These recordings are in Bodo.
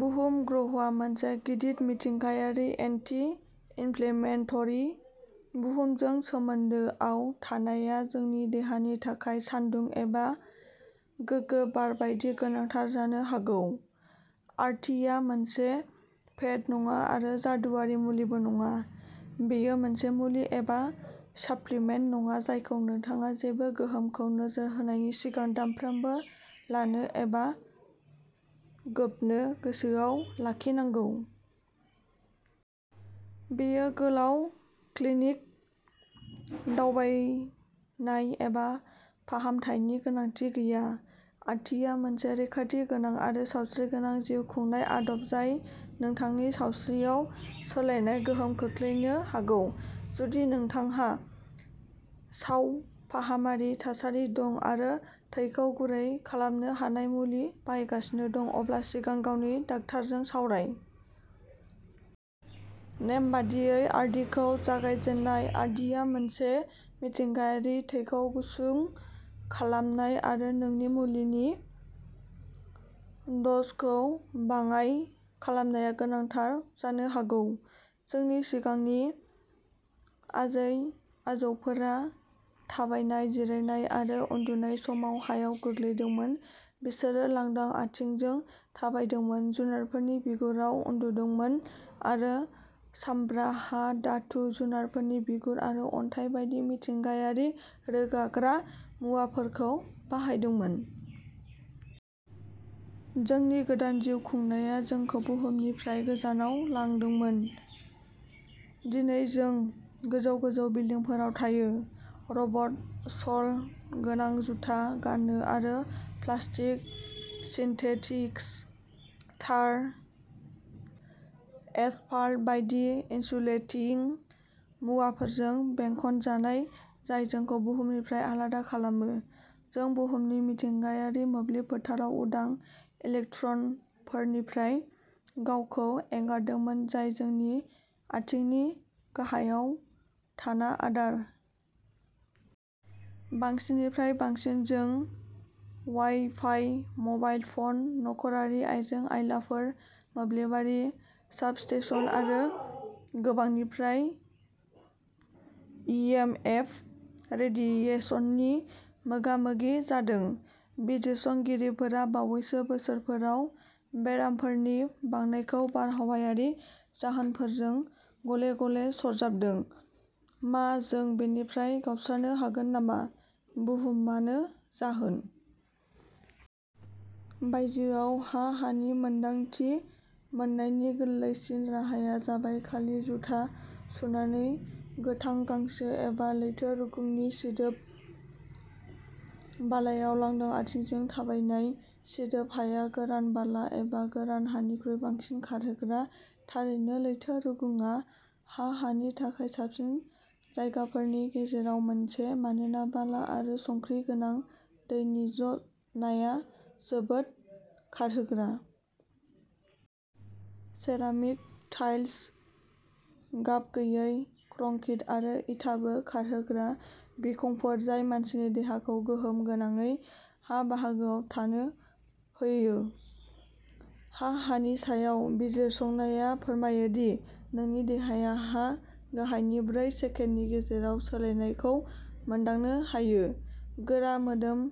बुहुम ग्रहआ मोनसे गिदिर मिथिंगायारि, एन्टि-इनफ्लेमेटरि। बुहुमजों सोमोन्दोआव थानाया जोंनि देहानि थाखाय सानदुं एबा गोगो बार बायदि गोनांथार जानो हागौ। आर्थिंआ मोनसे फेद नङा आरो जादुआरि मुलिबो नङा। बेयो मोनसे मुलि एबा साप्लिमेन्ट नङा जायखौ नोंथाङा जेबो गोहोमखौ नोजोर होनायनि सिगां दानफ्रोमबो लानो एबा गोबनो गोसोआव लाखिनांगौ। बेयो गोलाव क्लिनिक दावबायनाय एबा फाहामथायनि गोनांथि गैया। आर्थिंआ मोनसे रैखाथि गोनां आरो सावस्रिगोनां जिउ खुंनाय आदब जाय नोंथांनि सावस्रियाव सोलायनाय गोहोम खोख्लैनो हागौ। जुदि नोंथांहा सावफाहामारि थासारि दं आरो थैखौ गुरै खालामनो हानाय मुलि बाहायगासिनो दं, अब्ला सिगां गावनि डाक्टारजों सावराय। नेमबादियै आर्दिंखौ जागायजेननाय। आर्दिंआ मोनसे मिथिंगायारि थैखौ गुसुं खालामनाय आरो नोंनि मुलिनि द'जखौ बाङाइ खालामनाया गोनांथार जानो हागौ। जोंनि सिगांनि आजै-आजौफोरा थाबायनाय, जिरायनाय आरो उन्दुनाय समाव हायाव गोग्लैदोंमोन। बिसोरो लांदां आथिंजों थाबायदोंमोन, जुनारफोरनि बिगुराव उन्दुदोंमोन आरो सामब्रा, हा, धातु, जुनारफोरनि बिगुर आरो अन्थाइ बायदि मिथिंगायारि रोगाग्रा मुवाफोरखौ बाहायदोंमोन। जोंनि गोदान जिउ खुंनाया जोंखौ बुहुमनिफ्राय गोजानाव लांदोंमोन। दिनै जों गोजौ-गोजौ बिल्डिंफोराव थायो, रबर-सल गोनां जुथा गानो आरो प्लास्टिक, सिन्थेटिक्स, टार, एसफाल्ट बायदि इनसुलेटिं मुवाफोरजों बेंखनजानाय जाय जोंखौ बुहुमनिफ्राय आलादा खालामो। जों बुहुमनि मिथिंगायारि मोब्लिबारि फोथाराव उदां इलेक्ट्रनफोरनिफ्राय गावखौ एंगारदोंमोन, जाय जोंनि आथिंनि गाहायाव थानाय आदार। बांसिननिफ्राय बांसिन जों वाइफाइ, मबाइल फ'न, नखरारि आइजें-आइलाफोर, मोब्लिबारि साबस्टेशन आरो गोबांनिफ्राय इएमएफ रेडिएसननि मोगामोगि जादों। बिजिरसंगिरिफोरा बावैसो बोसोरफोराव बेरामफोरनि बांनायखौ बारहावायारि जाहोनफोरजों गले-गले सरजाबदों। मा जों बेनिफ्राय गावस्रानो हागोन नामा? बुहुमानो जाहोन? बायजोयाव हा-हानि मोन्दांथि मोननायनि गोरलैसिन राहाया जाबाय खालि जुथा सुनानै गोथां गांसो एबा लैथो रुगुंनि सिदोब बालायाव लांदां आथिंजों थाबायनाय-सिदोब हाया गोरान बाला एबा गोरान हानिख्रुइ बांसिन खारहोग्रा। थारैनो लैथो रुगुंआ हा-हानि थाखाय साबसिन जायगाफोरनि गेजेराव मोनसे मानोना बाला आरो संख्रि गोनां दैनि ज'नाया जोबोद खारहोग्रा। सेरामिक टाइल्स, गाबगैयै कंक्रिट आरो इटाबो खारहोग्रा बिखंफोर जाय मानसिनि देहाखौ गोहोम गोनाङै हा-बाहागोआव थानो होयो। हा-हानि सायाव बिजिरसंनाया फोरमायो दि नोंनि देहाया हा-गाहायनि ब्रै सेकेन्डनि गेजेराव सोलायनायखौ मोनदांनो हायो। गोरा मोदोम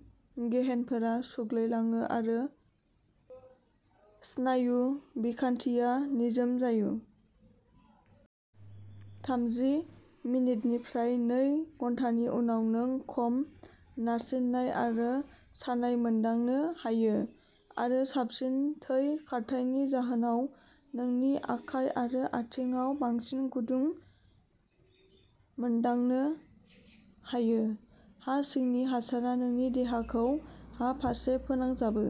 गेहेनफोरा सुग्लायलाङो आरो स्नायु बिखानथिया निजोम जायो। थामजि मिनिटनिफ्राय नै घन्टानि उनाव, नों खम नारसिननाय आरो सानाय मोनदांनो हायो, आरो साबसिन थै खारथायनि जाहोनाव नोंनि आखाइ आरो आथिंआव बांसिन गुदुं मोनदांनो हायो। हा-सिंनि हासारा नोंनि देहाखौ हा-फारसे फोनांजाबो।